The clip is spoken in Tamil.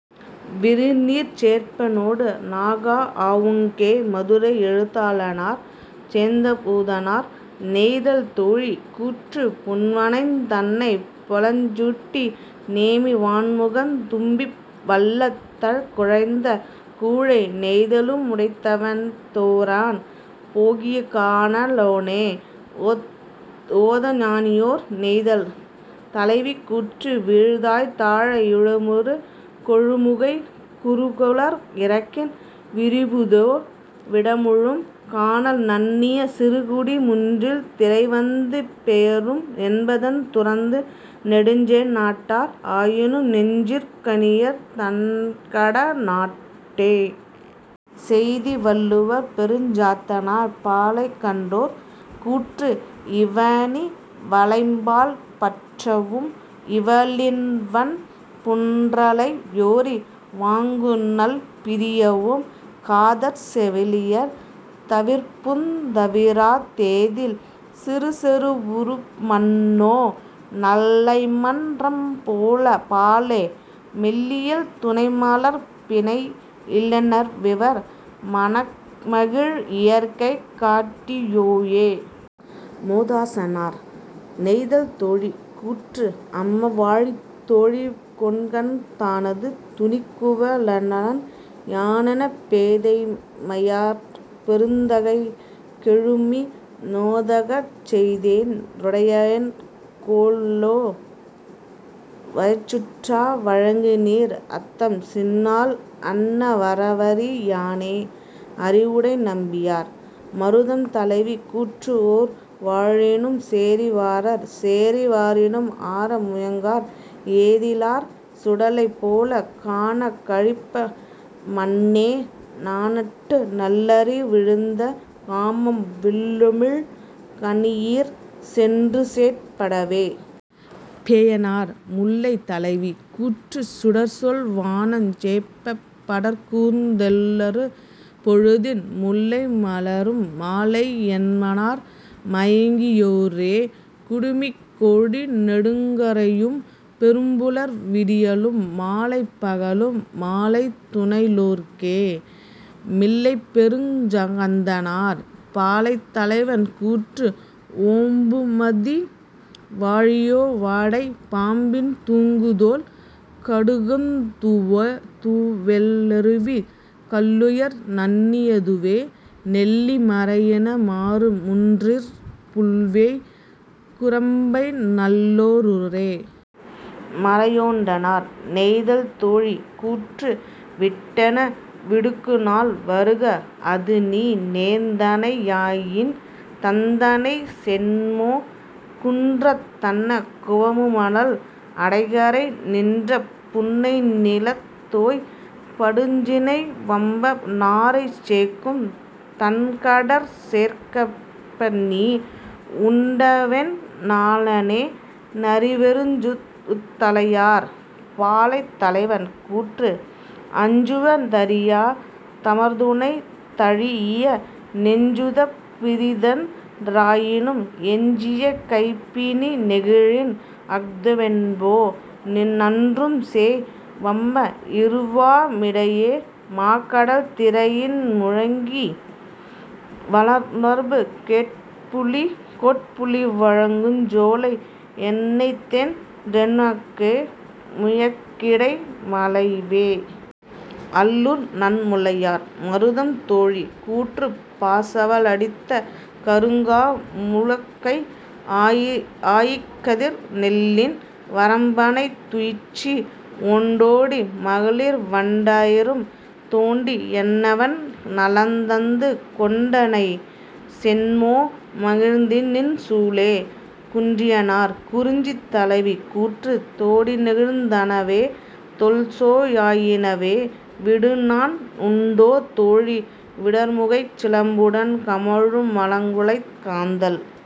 விரிநீர்ச் சேர்ப்பனொடு நகாஅ வூங்கே. -மதுரை எழுத்தாளனார் சேந்தம்பூதனார்.. நெய்தல் தோழி கூற்று பூண்வனைந் தன்ன பொலஞ்சூட்டு நேமி வாண்முகந் துமிப்ப வள்ளிதழ் குறைந்த கூழை நெய்தலு முடைத்திவண் தேரோன் போகிய கான லானே. -ஓதஞானியார்.. நெய்தல் தலைவி கூற்று வீழ்தாழ் தாழை யூழுறு கொழுமுகை குருகுளர் இறகின் விரிபுதோ டவிழும் கானல் நண்ணிய சிறுகுடி முன்றில் திரைவந்து பெயரும் என்பநத் துறந்து நெடுஞ்சே ணாட்டார் ஆயினும் நெஞ்சிற் கணியர் தண்கட னாட்டே. -செய்தி வள்ளுவர் பெருஞ்சாத்தனார்.. பாலை கண்டோர் கூற்று இவனிவ ளைம்பால் பற்றவும் இவளிவன் புன்றலை யோரி வாங்குநள் பரியவும் காதற் செவிலியர் தவிர்ப்பவுந் தவிரா தேதில் சிறுசெரு வுறுப மன்னோ நல்லைமன் றம்ம பாலே மெல்லியல் துணைமலர்ப் பிணைய லன்னவிவர் மணமகிழ் இயற்கை காட்டி யோயே. -மோதாசானார்.. நெய்தல் தோழி கூற்று அம்ம வாழி தோழி கொண்கன் தானது துணிகுவ னல்லன் யானென் பேதை மையாற் பெருந்தகை கெழுமி நோதகச் செய்ததொன் றுடையேன் கொல்லோ வயச்சுறா வழங்குநீர் அத்தம் சின்னாள் அன்ன வரவறி யானே. -அறிவுடை நம்பியார்.. மருதம் தலைவி கூற்று ஓரூர் வாழினும் சேரி வாரார் சேரி வரினும் ஆர முயங்கார் ஏதி லாளர் சுடலை போலக் காணாக் கழிப மன்னே நாணட்டு நல்லறி விழுந்த காமம் வில்லுமிழ் கணியிற் சென்றுசேட் படவே. -பேயனார்.. முல்லை தலைவி கூற்று சுடர்செல் வானஞ் சேப்பப் படர்கூர்ந் தெல்லறு பொழுதின் முல்லை மலரும் மாலை என்மனார் மயங்கி யோரே குடுமிக் கோழி நெடுநக ரியம்பும் பெரும்புலர் விடியலு மாலை பகலும் மாலை துணையி லோர்க்கே. -மிளைப்பெருங் கந்தனார்.. பாலை தலைவன் கூற்று ஓம்புமதி வாழியோ வாடை பாம்பின் தூங்குதோல் கடுக்குந் தூவெள் ளருவிக் கல்லுயர் நண்ணி யதுவே நெல்லி மரையின மாரு முன்றிற் புல்வேய் குரம்பை நல்லோ ளூரே. -மரயேண்டனார்.. நெய்தல் தோழி கூற்று விட்டென விடுக்குநாள் வருக அதுநீ நேர்ந்தனை யாயின் தந்தனை சென்மோ குன்றத் தன்ன குவவுமணல் அடைகரை நின்ற புன்னை நிலந்தோய் படுசினை வம்ப நாரை சேக்கும் தண்கடற் சேர்ப்பநீ உண்டவென் னலனே. -நரிவெரூஉத் தலையார்.. பாலை தலைவன் கூற்று அஞ்சுவ தறியா தமர்துணை தழீஇய நெஞ்சுதப் பிரிந்தன் றாயினும் எஞ்சிய கைபிணி நெகிழின்அஃ தெவனோ நன்றும் சேய வம்ம இருவா மிடையே மாக்கடல் திரையின் முழங்கி வலனேர்பு கோட்புலி வழங்குஞ் சோலை எனைத்தென் றெண்ணுகோ முயக்கிடை மலைவே. -அள்ளூர் நன்முல்லையார்.. மருதம் தோழி கூற்று பாசவ லிடித்த கருங்கா ழுலக்கை ஆய்கதிர் நெல்லின் வரம்பணைத் துயிற்றி ஒண்டொடி மகளிர் வண்ட லயரும் தொண்டி யன்னவென் நலந்தந்து கொண்டனை சென்மோ மகிழ்நநின் சூளே. -குன்றியனார்.. குறிஞ்சி தலைவி கூற்று தொடிநெகிழ்ந் தனவே தோள்சா யினவே விடுநாண் உண்டோ தோழி விடர்முகைச் சிலம்புடன் கமழு மலங்குகுலைக் காந்தள்